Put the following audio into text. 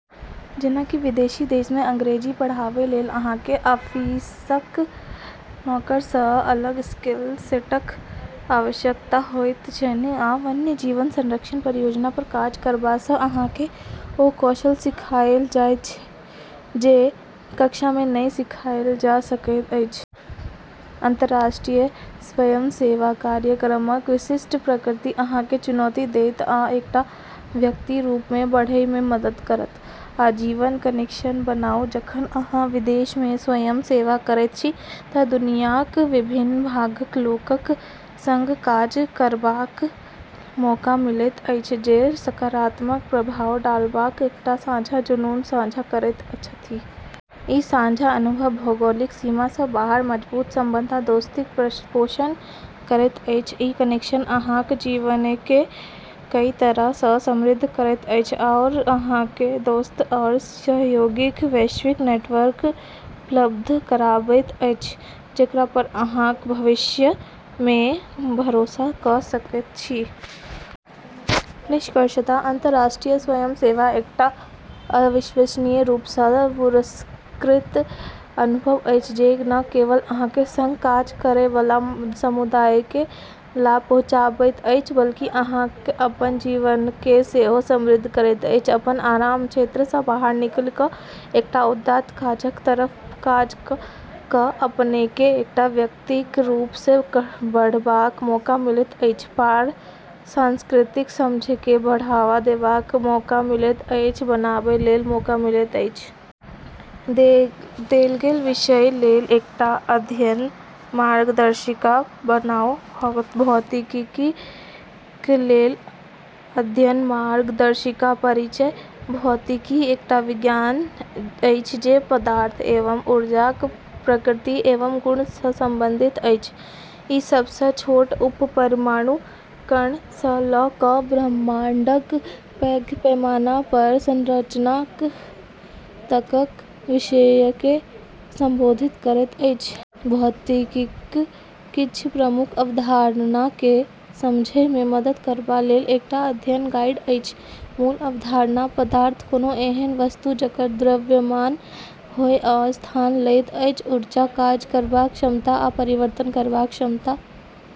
जेना कि विदेशी देश मे अंग्रेजी पढ़ाबै लेल अहाँकेँ ऑफिसक नौकरी सँ अलग स्किल सेटक आवश्यकता होइत छनि, आ वन्यजीव संरक्षण परियोजना पर काज करबा सँ अहाँकेँ ओ कौशल सिखाएल जायत जे कक्षा मे नहि सीखल जा सकैत अछि। अंतर्राष्ट्रीय स्वयंसेवा कार्यक्रमक विशिष्ट प्रकृति अहाँकेँ चुनौती देत आ एकटा व्यक्तिक रूप मे बढ़ै मे मदद करत। आजीवन कनेक्शन बनाउ जखन अहाँ विदेश मे स्वयंसेवा करैत छी तँ दुनियाक विभिन्न भागक लोकक संग काज करबाक मौका मिलैत अछि जे सकारात्मक प्रभाव डालबाक एकटा साझा जुनून साझा करैत छथि। ई साझा अनुभव भौगोलिक सीमा सँ बाहर मजबूत संबंध आ दोस्तीक पोषण करैत अछि। ई कनेक्शन अहाँक जीवनकेँ कई तरह सँ समृद्ध करैत अछि आओर अहाँकेँ दोस्त आओर सहयोगीक वैश्विक नेटवर्क उपलब्ध कराबैत अछि जेकरा पर अहाँ भविष्य मे भरोसा कऽ सकैत छी। निष्कर्षतः, अंतर्राष्ट्रीय स्वयंसेवा एकटा अविश्वसनीय रूप सँ पुरस्कृत अनुभव अछि जे न केवल अहाँक संग काज करै बला समुदायकेँ लाभ पहुँचाबैत अछि बल्कि अहाँक अपन जीवनकेँ सेहो समृद्ध करैत अछि। अपन आराम क्षेत्र सँ बाहर निकली कऽ एकटा उदात्त काजक तरफ काज कऽ कऽ अपनेकेँ एक व्यक्तिक रूप मे बढ़बाक मौका मिलैत अछि, पार-सांस्कृतिक समझकेँ बढ़ावा देबाक मौका मिलैत अछि, बनाबै लेल मौका मिलैत अछि। देल गेल विषयक लेल एकटा अध्ययन मार्गदर्शिका बनाउ। भौतिकीक लेल अध्ययन मार्गदर्शिका परिचय: भौतिकी एक विज्ञान अछि जे पदार्थ एवं ऊर्जाक प्रकृति एवं गुण सँ संबंधित अछि। ई सभ सँ छोट उपपरमाणु कण सँ लऽ कऽ ब्रह्मांडक पैघ पैमाना पर संरचना तकक विषयकेँ संबोधित करैत अछि। भौतिकीक किछ प्रमुख अवधारणाकेँ समझै मे मदद करबा लेल एकटा अध्ययन गाइड अछि। मूल अवधारणा: पदार्थ: कोनो एहन वस्तु जकर द्रव्यमान होए आ स्थान लैत अछि ऊर्जा: काज करबाक क्षमता या परिवर्तन करबाक क्षमता।